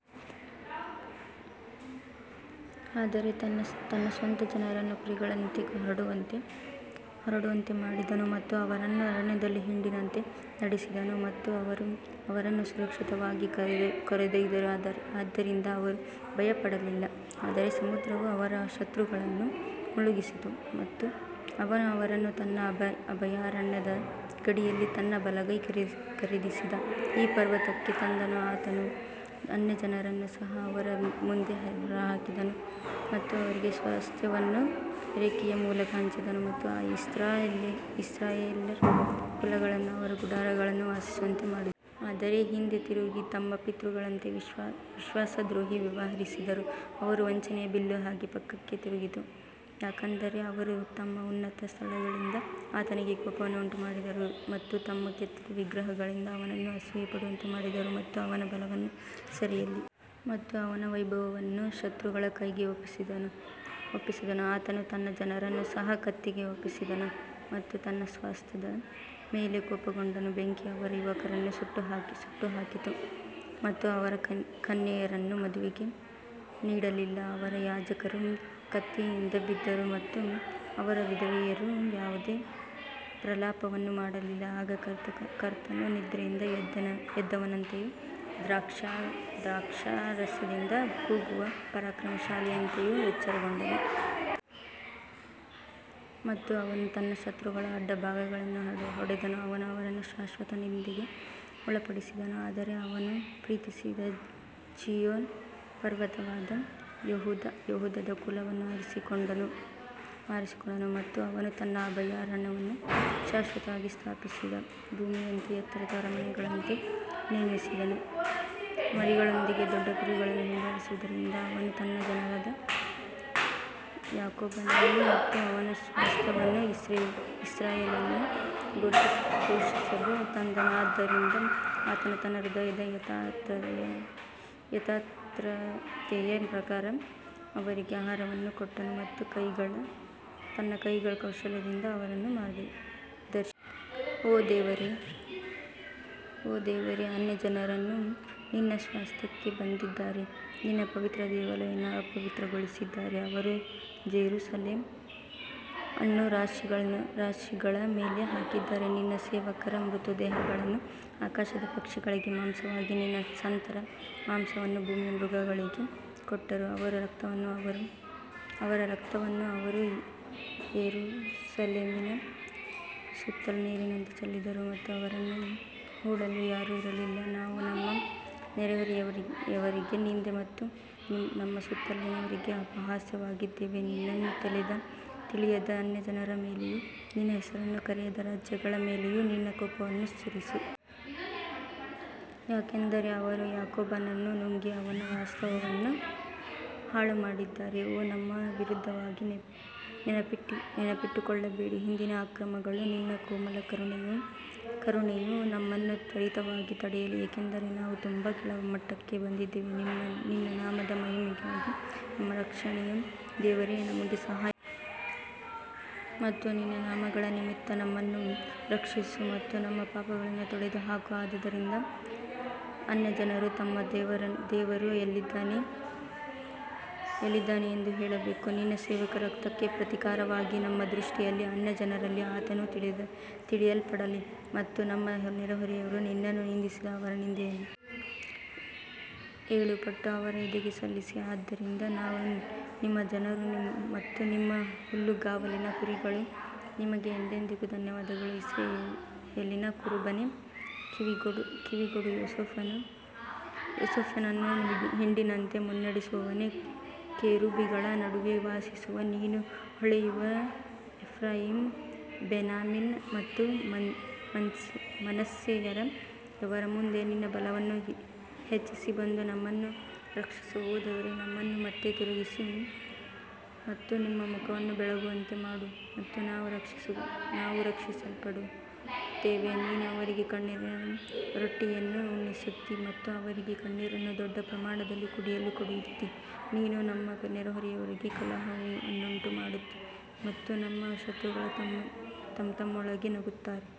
ಆದರೆ ತನ್ನ ಸ್ವಂತ ಜನರನ್ನು ಕುರಿಗಳಂತೆ ಹೊರಡುವಂತೆ ಮಾಡಿದನು ಮತ್ತು ಅವರನ್ನು ಅರಣ್ಯದಲ್ಲಿ ಹಿಂಡಿನಂತೆ ನಡೆಸಿದನು ಮತ್ತು ಅವರು ಅವರನ್ನು ಸುರಕ್ಷಿತವಾಗಿ ಕರೆದೊಯ್ದರು ಆದ್ದರಿಂದ ಅವರು ಭಯಪಡಲಿಲ್ಲ ಆದರೆ ಸಮುದ್ರವು ಅವರ ಶತ್ರುಗಳನ್ನು ಮುಳುಗಿಸಿತು ಮತ್ತು ಅವನು ಅವರನ್ನು ತನ್ನ ಅಭಯಾರಣ್ಯದ ಗಡಿಯಲ್ಲಿ ತನ್ನ ಬಲಗೈ ಖರೀದಿಸಿದ ಈ ಪರ್ವತಕ್ಕೆ ತಂದನು ಆತನು ಅನ್ಯಜನರನ್ನು ಸಹ ಅವರ ಮುಂದೆ ಹೊರಹಾಕಿದನು ಮತ್ತು ಅವರಿಗೆ ಸ್ವಾಸ್ತ್ಯವನ್ನು ರೇಖೆಯ ಮೂಲಕ ಹಂಚಿದನು ಮತ್ತು ಇಸ್ರಾಯೇಲ್ಯರ ಕುಲಗಳನ್ನು ಅವರ ಗುಡಾರಗಳಲ್ಲಿ ವಾಸಿಸುವಂತೆ ಮಾಡಿದನು. ಆದರೆ ಹಿಂದೆ ತಿರುಗಿ ತಮ್ಮ ಪಿತೃಗಳಂತೆ ವಿಶ್ವಾಸದ್ರೋಹಿ ವ್ಯವಹರಿಸಿದರು ಅವರು ವಂಚನೆಯ ಬಿಲ್ಲು ಹಾಗೆ ಪಕ್ಕಕ್ಕೆ ತಿರುಗಿತು ಯಾಕಂದರೆ ಅವರು ತಮ್ಮ ಉನ್ನತ ಸ್ಥಳಗಳಿಂದ ಆತನಿಗೆ ಕೋಪವನ್ನು ಉಂಟುಮಾಡಿದರು ಮತ್ತು ತಮ್ಮ ಕೆತ್ತಿದ ವಿಗ್ರಹಗಳಿಂದ ಅವನನ್ನು ಅಸೂಯೆ ಪಡುವಂತೆ ಮಾಡಿದರು. ಮತ್ತು ಅವನ ಬಲವನ್ನು ಸೆರೆಯಲ್ಲಿ ಮತ್ತು ಅವನ ವೈಭವವನ್ನು ಶತ್ರುಗಳ ಕೈಗೆ ಒಪ್ಪಿಸಿದನು ಆತನು ತನ್ನ ಜನರನ್ನು ಸಹ ಕತ್ತಿಗೆ ಒಪ್ಪಿಸಿದನು ಮತ್ತು ತನ್ನ ಸ್ವಾಸ್ತ್ಯದ ಮೇಲೆ ಕೋಪಗೊಂಡನು ಬೆಂಕಿ ಅವರ ಯುವಕರನ್ನು ಸುಟ್ಟುಹಾಕಿತು ಮತ್ತು ಅವರ ಕನ್ಯೆಯರನ್ನು ಮದುವೆಗೆ ನೀಡಲಿಲ್ಲ ಅವರ ಯಾಜಕರು ಕತ್ತಿಯಿಂದ ಬಿದ್ದರು ಮತ್ತು ಅವರ ವಿಧವೆಯರು ಯಾವುದೇ ಪ್ರಲಾಪವನ್ನು ಮಾಡಲಿಲ್ಲ ಆಗ ಕರ್ತನು ನಿದ್ರೆಯಿಂದ ಎದ್ದವನಂತೆಯೂ ದ್ರಾಕ್ಷಾರಸದಿಂದ ಕೂಗುವ ಪರಾಕ್ರಮಶಾಲಿಯಂತೆಯೂ ಎಚ್ಚರಗೊಂಡನು. ಮತ್ತು ಅವನು ತನ್ನ ಶತ್ರುಗಳನ್ನು ಅಡ್ಡ ಭಾಗಗಳಲ್ಲಿ ಹೊಡೆದನು, ಅವನು ಅವರನ್ನು ಶಾಶ್ವತ ನಿಂದೆಗೆ ಒಳಪಡಿಸಿದನು ಆದರೆ ಅವನು ಪ್ರೀತಿಸಿದ ಚೀಯೋನ್ ಪರ್ವತವಾದ ಯೆಹೂದದ ಕುಲವನ್ನು ಆರಿಸಿಕೊಂಡನು ಮತ್ತು ಅವನು ತನ್ನ ಅಭಯಾರಣ್ಯವನ್ನು ಶಾಶ್ವತವಾಗಿ ಸ್ಥಾಪಿಸಿದ ಭೂಮಿಯಂತೆ ಎತ್ತರದ ಅರಮನೆಗಳಂತೆ ನಿರ್ಮಿಸಿದನು ಮರಿಗಳೊಂದಿಗೆ ದೊಡ್ಡ ಕುರಿಗಳನ್ನು ಹಿಂಬಾಲಿಸುವುದರಿಂದ ಅವನು ತನ್ನ ಜನರಾದ ಯಾಕೋಬನನ್ನು ಮತ್ತು ಅವನ ಸ್ವಾಸ್ತ್ಯವನ್ನು ಇಸ್ರಾಯೇಲನ್ನು ಪೋಷಿಸಲು ತಂದನು ಆದುದರಿಂದ ಆತನು ತನ್ನ ಹೃದಯದ ಯಥಾರ್ಥತೆಯ ಪ್ರಕಾರ ಅವರಿಗೆ ಆಹಾರವನ್ನು ಕೊಟ್ಟನು ಮತ್ತು ತನ್ನ ಕೈಗಳ ಕೌಶಲ್ಯದಿಂದ ಅವರನ್ನು ಮಾರ್ಗದರ್ಶಿಸಿದನು. ಓ ದೇವರೇ ಅನ್ಯಜನರು ನಿನ್ನ ಸ್ವಾಸ್ತ್ಯಕ್ಕೆ ಬಂದಿದ್ದಾರೆ ನಿನ್ನ ಪವಿತ್ರ ದೇವಾಲಯವನ್ನು ಅಪವಿತ್ರಗೊಳಿಸಿದ್ದಾರೆ ಅವರು ಜೆರುಸಲೆಮ್ ಅನ್ನು ರಾಶಿಗಳ ಮೇಲೆ ಹಾಕಿದ್ದಾರೆ ನಿನ್ನ ಸೇವಕರ ಮೃತದೇಹಗಳನ್ನು ಆಕಾಶದ ಪಕ್ಷಿಗಳಿಗೆ ಮಾಂಸವಾಗಿ ನಿನ್ನ ಸಂತರ ಮಾಂಸವನ್ನು ಭೂಮಿಯ ಮೃಗಗಳಿಗೆ ಕೊಟ್ಟರು. ಅವರ ರಕ್ತವನ್ನು ಅವರು ಯೆರೂಸಲೇಮಿನ ಸುತ್ತಲೂ ನೀರಿನಂತೆ ಚೆಲ್ಲಿದರು ಮತ್ತು ಅವರನ್ನು ಹೂಳಲು ಯಾರೂ ಇರಲಿಲ್ಲ ನಾವು ನಮ್ಮ ನೆರೆಹೊರೆಯವರಿಗೆ ನಿಂದೆ ಮತ್ತು ನಮ್ಮ ಸುತ್ತಲಿನವರಿಗೆ ಅಪಹಾಸ್ಯವಾಗಿದ್ದೇವೆ ನಿನ್ನನ್ನು ತಿಳಿಯದ ಅನ್ಯಜನರ ಮೇಲೆಯೂ ನಿನ್ನ ಹೆಸರನ್ನು ಕರೆಯದ ರಾಜ್ಯಗಳ ಮೇಲೆಯೂ ನಿನ್ನ ಕೋಪವನ್ನು ಸುರಿಸು. ಯಾಕಂದರೆ ಅವರು ಯಾಕೋಬನನ್ನು ನುಂಗಿ ಅವನ ವಾಸಸ್ಥಾನವನ್ನು ಹಾಳುಮಾಡಿದ್ದಾರೆ ಓ ನಮ್ಮ ವಿರುದ್ಧವಾಗಿ ನೆನಪಿಟ್ಟುಕೊಳ್ಳಬೇಡಿ ಹಿಂದಿನ ಅಕ್ರಮಗಳು ನಿನ್ನ ಕೋಮಲ ಕರುಣೆಯು ನಮ್ಮನ್ನು ತ್ವರಿತವಾಗಿ ತಡೆಯಲಿ, ಏಕೆಂದರೆ ನಾವು ತುಂಬಾ ಕೆಳಮಟ್ಟಕ್ಕೆ ಬಂದಿದ್ದೇವೆ ನಿನ್ನ ನಾಮದ ಮಹಿಮೆಗಾಗಿ ನಮ್ಮ ರಕ್ಷಣೆಯ ದೇವರೇ ನಮಗೆ ಸಹಾಯ ಮಾಡು ಮತ್ತು ನಿನ್ನ ನಾಮಗಳ ನಿಮಿತ್ತ ನಮ್ಮನ್ನು ರಕ್ಷಿಸು ಮತ್ತು ನಮ್ಮ ಪಾಪಗಳನ್ನು ತೊಡೆದುಹಾಕು ಆದದರಿಂದ ಅನ್ಯಜನರು ತಮ್ಮ ದೇವರು ಎಲ್ಲಿದ್ದಾನೆ ಎಂದು ಹೇಳಬೇಕು, ನಿನ್ನ ಸೇವಕರ ರಕ್ತಕ್ಕೆ ಪ್ರತೀಕಾರವಾಗಿ ನಮ್ಮ ದೃಷ್ಟಿಯಲ್ಲಿ ಅನ್ಯಜನರಲ್ಲಿ ಆತನು ತಿಳಿಯಲ್ಪಡಲಿ ಮತ್ತು ನಮ್ಮ ನೆರೆಹೊರೆಯವರು ನಿನ್ನನ್ನು ನಿಂದಿಸಿದ ಅವರ ನಿಂದೆಯನ್ನು ಏಳುಪಟ್ಟು ಅವರ ಎದೆಗೆ ಸಲ್ಲಿಸಿ ಆದ್ದರಿಂದ ನಾವು ನಿಮ್ಮ ಜನರು ಮತ್ತು ನಿಮ್ಮ ಹುಲ್ಲುಗಾವಲಿನ ಕುರಿಗಳು ನಿಮಗೆ ಎಂದೆಂದಿಗೂ ಧನ್ಯವಾದಗಳು ಇಸ್ರಾಯೇಲಿನ ಕುರುಬನೇ, ಕಿವಿಗೊಡು, ಯೋಸೇಫನನ್ನು ಹಿಂಡಿನಂತೆ ಮುನ್ನಡೆಸುವವನೇ, ಕೆರೂಬಿಗಳ ನಡುವೆ ವಾಸಿಸುವ ನೀನು ಹೊಳೆಯುವೆ ಎಫ್ರಾಯೀಮ್, ಬೆನ್ಯಾಮೀನ್ ಮತ್ತು ಮನಸ್ಸೆಯವರ ಮುಂದೆ ನಿನ್ನ ಬಲವನ್ನು ಹೆಚ್ಚಿಸಿ ಬಂದು ನಮ್ಮನ್ನು ರಕ್ಷಿಸು ಓ ದೇವರೇ ನಮ್ಮನ್ನು ಮತ್ತೆ ತಿರುಗಿಸಿ ಮತ್ತು ನಿನ್ನ ಮುಖವನ್ನು ಬೆಳಗುವಂತೆ ಮಾಡು ಮತ್ತು ನಾವು ರಕ್ಷಿಸಲ್ಪಡುತ್ತೇವೆ ನೀನು ಅವರಿಗೆ ಕಣ್ಣೀರಿನ ರೊಟ್ಟಿಯನ್ನು ಉಣಿಸುತ್ತೀ ಮತ್ತು ಅವರಿಗೆ ಕಣ್ಣೀರನ್ನು ದೊಡ್ಡ ಪ್ರಮಾಣದಲ್ಲಿ ಕುಡಿಯಲು ಕೊಡುತ್ತೀ ನೀನು ನಮ್ಮ ನೆರೆಹೊರೆಯವರಿಗೆ ಕಲಹವನ್ನುಂಟುಮಾಡುತ್ತೀ ಮತ್ತು ನಮ್ಮ ಶತ್ರುಗಳು ತಮ್ಮತಮ್ಮೊಳಗೆ ನಗುತ್ತಾರೆ.